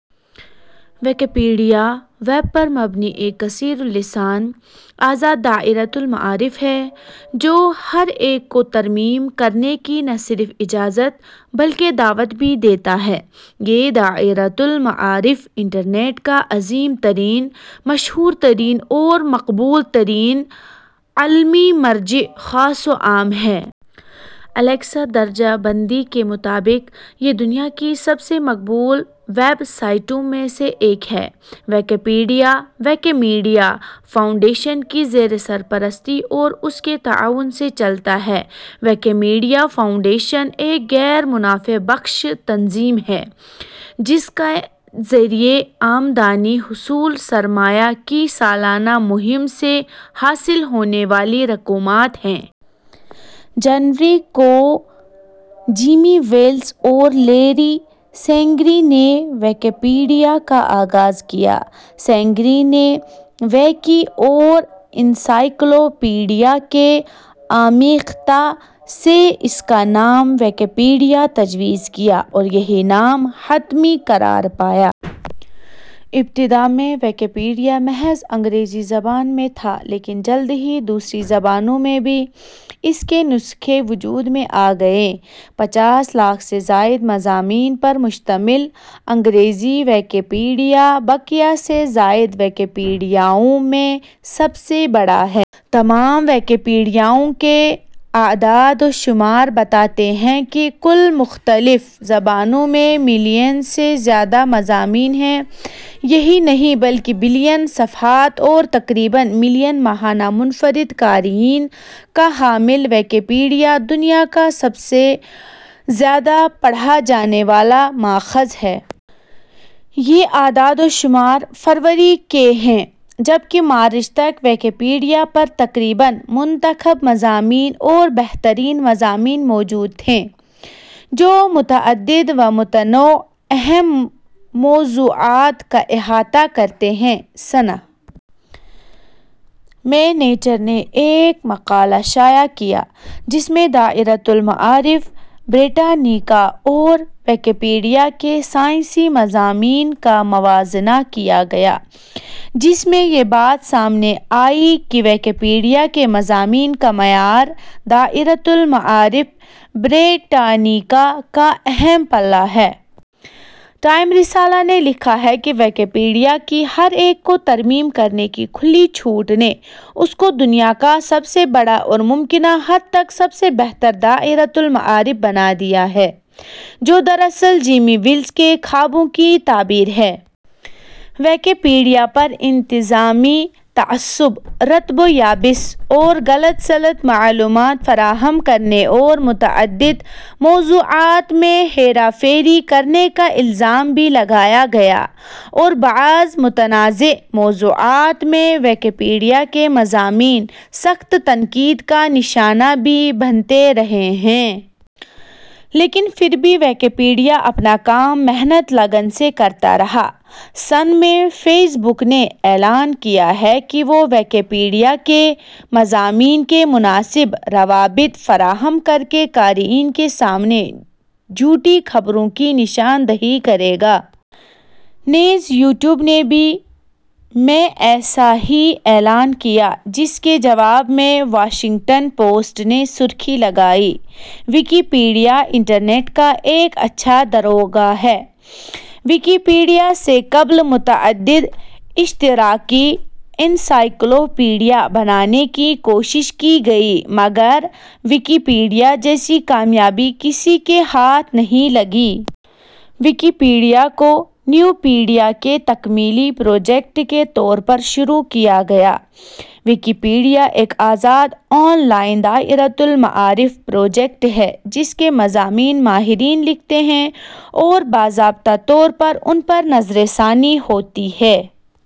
Wikipedia web پر مبنی ایک کثیر اللسان آزاد دائرۃ المعارف ہے جو ہر ایک کو ترمیم کرنے کی نہ صرف اجازت بلکہ دعوت بھی دیتا ہے۔ یہ دائرۃ المعارف انٹرنیٹ کا عظیم ترین، مشہور ترین اور مقبول ترین علمی مرجع خاص و عام ہے۔ الیکسا درجہ بندی کے مطابق یہ دنیا کی سب سے مقبول ویب سائٹوں میں سے ایک ہے۔ ویکیپیڈیا ویکیمیڈیا فاونڈیشن کی زیر سرپرستی اور اس کے تعاون سے چلتا ہے۔ ویکیمیڈیا فاؤنڈیشن ایک غیر منافع بخش تنظیم ہے جس کا ذریعہ آمدنی حصول سرمایہ کی سالانہ مہم سے حاصل ہونے والی رقومات ہیں۔ جنوری ء کو جیمی ویلز اور لیری سینگر نے ویکیپیڈیا کا آغاز کیا۔ سینگر نے ویکی اور انسائیکلوپیڈیا کے آمیختہ سے اس کا نام ویکیپیڈیا تجویز کیا اور یہی نام حتمی قرار پایا۔ ابتدا میں ویکیپیڈیا محض انگریزی زبان میں تھا لیکن جلد ہی دوسری زبانوں میں بھی اس کے نسخے وجود میں آگئے۔ پچاس لاکھ سے زائد مضامین پر مشتمل انگریزی ویکیپیڈیا بقیہ سے زائد ویکیپڈیاؤں میں سب سے بڑا ہے۔ تمام ویکیپیڈیاؤں کے اعداد و شمار بتاتے ہیں کہ کل مختلف زبانوں میں ملین سے زیادہ مضامین ہیں۔ یہی نہیں بلکہ بلین صفحات اور تقریباً ملین ماہانہ منفرد قارئین کا حامل ویکیپیڈیا دنیا کا سب زیادہ پڑھا جانے والا ماخذ ہے۔ یہ اعداد و شمار فروری ء کے ہیں، جبکہ مارچ ء تک ویکیپیڈیا پر تقریباً منتخب مضامین اور بہترین مضامیں موجود تھے جو متعدد و متنوع اہم موضوعات کا احاطہ کرتے ہیں۔ سنہ ء میں نیچر نے ایک مقالہ شائع کیا جس میں دائرۃ المعارف بریٹانیکا اور ویکیپیڈیا کے سائنسی مضامین کا موازنہ کیا گیا، جس میں یہ بات سامنے آئی کہ ویکیپیڈیا کے مضامین کا معیار دائرۃ المعارف بریٹانیکا کا ہم پلہ ہے۔ ٹائم رسالہ نے لکھا کہ ویکیپیڈیا کی ہر ایک کو ترمیم کرنے کی کھلی چھوٹ نے اس کو دنیا کا سب سے بڑا اور ممکنہ حد تک سب سے بہتر دائرۃ المعارف بنا دیا ہے جو دراصل جیمی ویلز کے خوابوں کی تعبیر ہے۔ ویکیپیڈیا پر انتظامی تعصب، رطب و یابس اور غلط سلط معلومات فراہم کرنے اور متعدد موضوعات میں ہیرا پھیری کرنے کا الزام بھی لگایا گیا اور بعض متنازع موضوعات میں ویکیپیڈیا کے مضامین سخت تنقید کا نشانہ بھی بنتے رہے ہیں۔ لیکن پھر بھی ویکیپیڈیا اپنا کام محنت لگن سے کرتا رہا ہے سنہ ء میں فیس بک نے اعلان کیا کہ وہ ویکیپیڈیا کے مضامین کے مناسب روابط فراہم کرکے قارئین کے سامنے جھوٹی خبروں کی نشان دہی کرے گا۔ نیز یوٹیوب نے بھی ء میں ایسا ہی اعلان کیا جس کے جواب میں واشنگٹن پوسٹ نے سرخی لگائی، "ویکیپیڈیا انٹرنیٹ کا ایک اچھا داروغہ" ہے۔ ۔ ویکیپیڈیاسے قبل متعدد اشتراکی انسائکلوپیڈیا بنانے کی کوشش کی گئی مگر ویکیپیڈیا جیسی کامیابی کسی کے ہاتھ نہیں لگی۔ ، ویکیپیڈیا کو نیوپیڈیا کے تکمیلی پراجیکٹ کے طور پر شروع کیا گیا۔ ویکیپیڈیا، ایک آزاد آن لائن دائرۃالمعارف پراجیکٹ ہے جس کے مضامین ماہرین لکھتے ہیں اور باضابطہ طور پر ان پر نظر ثانی ہوتی ہے۔